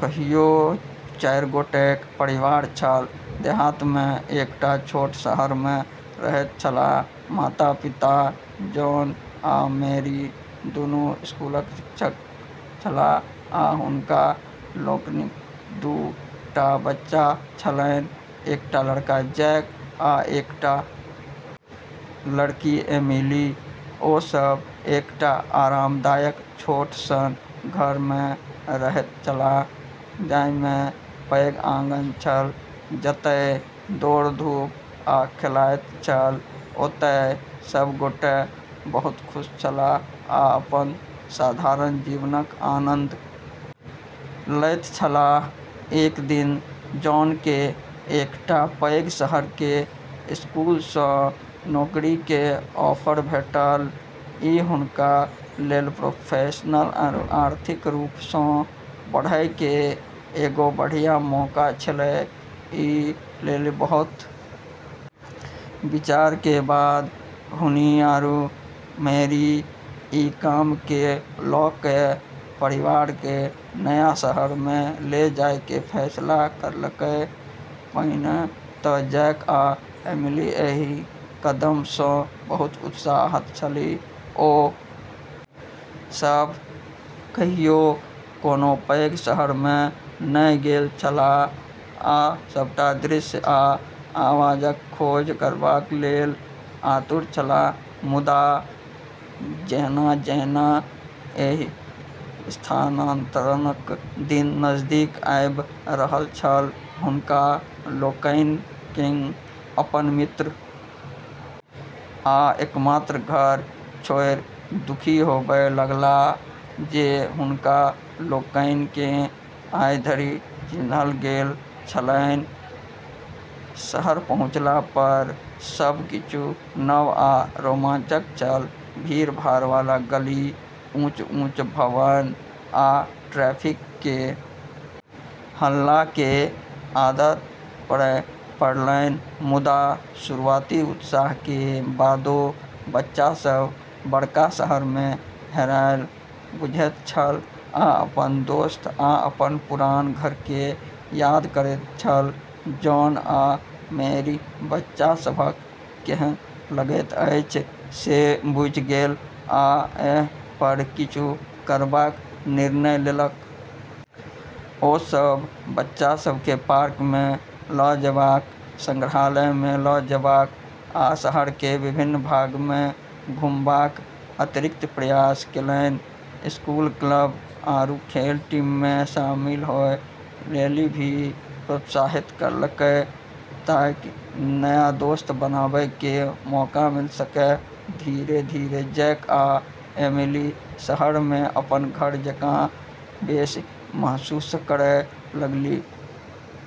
कहियो चारि गोटेक परिवार छल, देहात मे एकटा छोट शहर मे रहैत छलाह, माता-पिता जॉन आ मैरी दुनू स्कूलक शिक्षक छलाह आ हुनका लोकनिक दू टा बच्चा छलनि, एकटा लड़का जैक आ एकटा लड़की एमिली, ओ सभ एकटा आरामदायक छोट सन घर मे रहैत छलाह जाहि मे पैघ आँगन छल जतय दौड़-धूप आ खेलाइत छल, ओतय सब गोटे बहुत खुश छलाह आ अपन साधारण जीवनक आनंद लैत छलाह, एक दिन जॉन के एकटा पैघ शहर के स्कूल स नौकरी के ऑफर भेटल, ई हुनका लेली प्रोफेशनल आरू आर्थिक रूप स॑ बढ़ै के एगो बढ़िया मौका छेलै, ई लेली बहुत विचार के बाद हुनी आरू मैरी ई काम के ल के परिवार के नया शहर मे ले जाय के फैसला करलकै, पहिने त जैक आ एमिली एहि कदम स बहुत उत्साहित छलीह, ओ सभ कहियो कोनो पैघ शहर मे नहि गेल छलाह आ सभटा दृश्य आ आवाजक खोज करबाक लेल आतुर छलाह मुदा जहिना-जहिना एहि स्थानांतरणक दिन नजदीक आबि रहल छल हुनका लोकनि केँ अपन मित्र आ एकमात्र घर छोड़ि दुखी होबय लगलाह जे हुनका लोकनि केँ आइ धरि चिन्हल गेल छलनि, शहर पहुँचला पर सब किछु नव आ रोमांचक छल, भीड़-भाड़ वाला गली, ऊँच-ऊँच भवन आ ट्रैफिक के हल्ला के आदत पड़य पड़लनि मुदा शुरूआती उत्साह के बादो बच्चा सब बड़का शहर में हेरायल बुझैत छल आ अपन दोस्त आ अपन पुरान घर के याद करैत छल, जॉन आ मैरि बच्चा सभक केहन लगैत अछि से बुझि गेल आ एहि पर किछु करबाक निर्णय लेलक। ओ सब बच्चा सब के पार्क में ल जेबाक, संग्रहालय में ल जेबाक आ शहर के विभिन्न भाग में घुमबाक अतिरिक्त प्रयास केलनि, स्कूल क्लब आरू खेल टीम मे शामिल होय लेली भी प्रोत्साहित करलकै ताकि नया दोस्त बनाबै के मौका मिल सके, धीरे-धीरे जैक आ एमिली शहर मे अपन घर जेकाँ बेसी महसूस करय लगलीह।